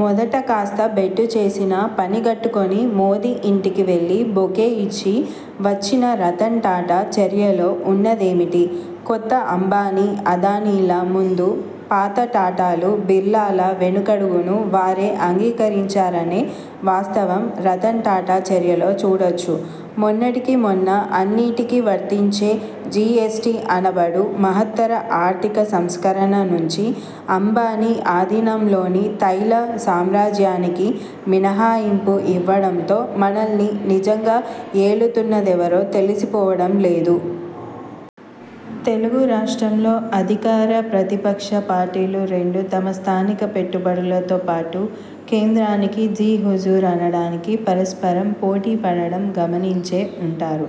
మొదట కాస్త బెట్టు చేసినా, పనిగట్టుకుని మోదీ యింటికి వెళ్లి, బొకే యిచ్చి వచ్చిన రతన్ టాటా చర్యలో వున్నదేమిటి? కొత్త అంబానీ, అదానీల ముందు పాత టాటాలు బిర్లాల వెనుకడుగును వారే అంగీకరించారనే వాస్తవం రతన్ టాటా చర్యలో చూడొచ్చు. మొన్నటికి మొన్న అన్నిటికీ వర్తించే 'జీఎస్టీ' అనబడు మహత్తర ఆర్థిక సంస్కరణ నుంచి అంబానీ అధీనంలోని తైల సామ్రాజ్యానికి మినహాయింపు యివ్వడంతో మనల్ని నిజంగా యేలుతున్నదెవరో తెలిసికోవడం లేదూ?! తెలుగు రాష్ట్రంలో అధికార, ప్రతిపక్ష పార్టీలు రెండూ తమ 'స్థానిక పెట్టుబడుల'తో పాటు కేంద్రానికి జీహుజూరనడానికి పరస్పరం పోటీపడడం గమనించే వుంటారు.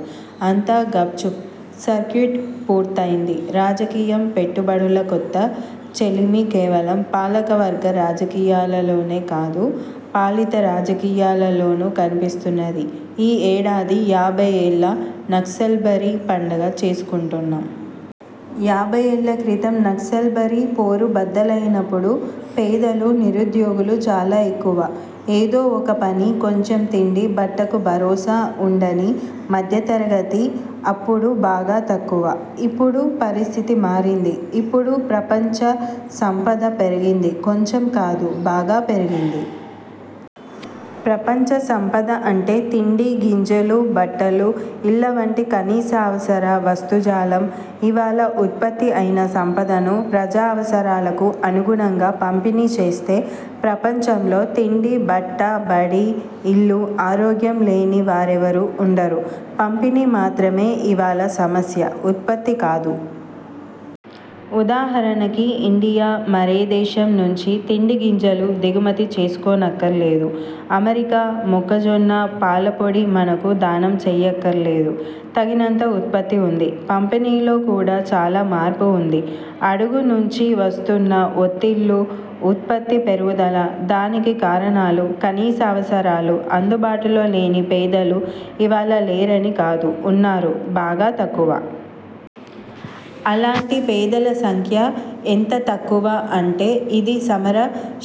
అంతా గప్ చుప్. సర్క్యూట్ పూర్తయ్యింది. రాజకీయం, పెట్టుబడుల కొత్త చెలిమి కేవలం పాలకవర్గ రాజకీయాలలోనే కాదు. పాలిత రాజకీయాలలోనూ కనిపిస్తున్నది. యీ యేడాది యాభయ్యేళ్ల నక్సల్బరీ పండుగ చేసుకుంటున్నాం. యాభయ్యేళ్ల క్రితం నక్సల్బరీ పోరు బద్దలయినప్పుడు పేదలు, నిరుద్యోగులు చాలా యెక్కువ, యేదో వొక పని, కొంచెం తిండి బట్టకు భరోసా వుండని మధ్య తరగతి అప్పుడు బాగా తక్కువ. యిప్పుడు పరిస్థితి మారింది. యిప్పుడు ప్రపంచ సంపద పెరిగింది. కొంచెం కాదు. బాగా పెరిగింది. ప్రపంచ సంపద అంటే తిండి గింజలు, బట్టలు, యిళ్ల వంటి కనీసావసర వస్తుజాలం. యివాళ వుత్పత్తి అయిన సంపదను ప్రజావసరాలకు అనుగుణంగా పంపిణీ చేస్తే ప్రపంచంలో తిండి, బట్ట, బడి, యిల్లు, ఆరోగ్యం లేని వారెవరూ వుండరు. పంపిణీ మాత్రమే యివాళ సమస్య. వుత్పత్తి కాదు. వుదాహరణకి యిండియా మరే దేశం నుంచి తిండి గింజలు దిగుమతి చేసుకోనక్కర్లేదు. అమెరికా మొక్కజొన్న, పాలపొడి మనకు 'దానం' చెయ్యక్కర్లేదు. తగినంత వుత్పత్తి వుంది. పంపిణీలో కూడా చాలా మార్పు వుంది. అడుగు నుంచి వస్తున్న వొత్తిళ్లు, వుత్పత్తి పెరుగుదల దానికి కారణాలు. కనీసావసరాలు అందుబాటులో లేని పేదలు యివాళ లేరని కాదు, వున్నారు, బాగా తక్కువ. అలాంటి పేదల సంఖ్య యెంత తక్కువ అంటే యిది సమర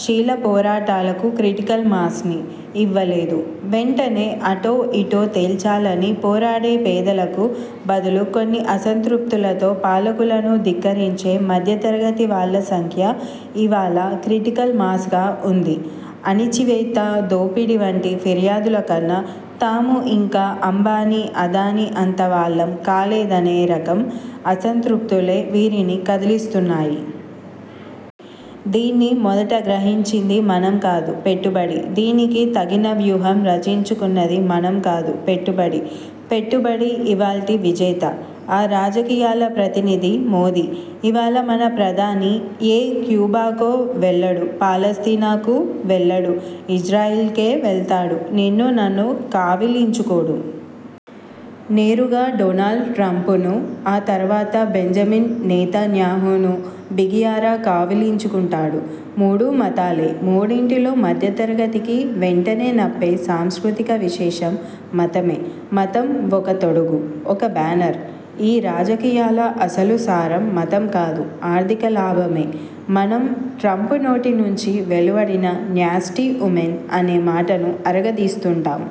శీల పోరాటాలకు క్రిటికల్ మాస్ని యివ్వలేదు. వెంటనే అటో యిటో తేల్చాలని పోరాడే పేదలకు బదులు కొన్ని అసంతృప్తులతో పాలకులను ధిక్కరించే మధ్యతరగతి వాళ్ల సంఖ్య యివాళ 'క్రిటికల్ మాస్'గా వుంది. ఆణిచివేత, దోపిడీ వంటి ఫిర్యాదులకన్న, తాము యింకా అంబానీ, అదానీ అంత వాళ్లం కాలేదనే రకం అసంతృప్తులే వీరిని కదిలిస్తున్నాయి. దీన్ని మొదట గ్రహించింది మనం కాదు. పెట్టుబడి. దీనికి తగిన వ్యూహం రచించుకున్నది మనం కాదు. పెట్టుబడి. పెట్టుబడి యివాల్టి విజేత. ఆ రాజకీయాల ప్రతినిధి మోదీ. యివాళ మన ప్రధాని యే క్యూబాకో వెళ్లడు. 'పాలస్తీనా'కు వెళ్లడు. యిజ్రాయెల్కే వెళ్తాడు. నిన్నూ నన్నూ కావిలించుకోడు. నేరుగా డొనాల్డ్ ట్రంపును, ఆ తరువాత బెంజమిన్ నెతన్యాహును బిగియార కావిలించుకుంటాడు. మూడూ మతాలే. మూడింటిలో మధ్య తరగతికి వెంటనే నప్పే సాంస్కృతిక విశేషం మతమే. మతం వొక తొడుగు. వొక బ్యానర్. యీ రాజకీయాల అసలు సారం మతం కాదు. ఆర్థిక 'లాభ'మే. మనం ట్రంపు నోటి నుంచి వెలువడిన 'న్యాస్టీ వుమన్' అనే మాటను అరగదీస్తుంటాం.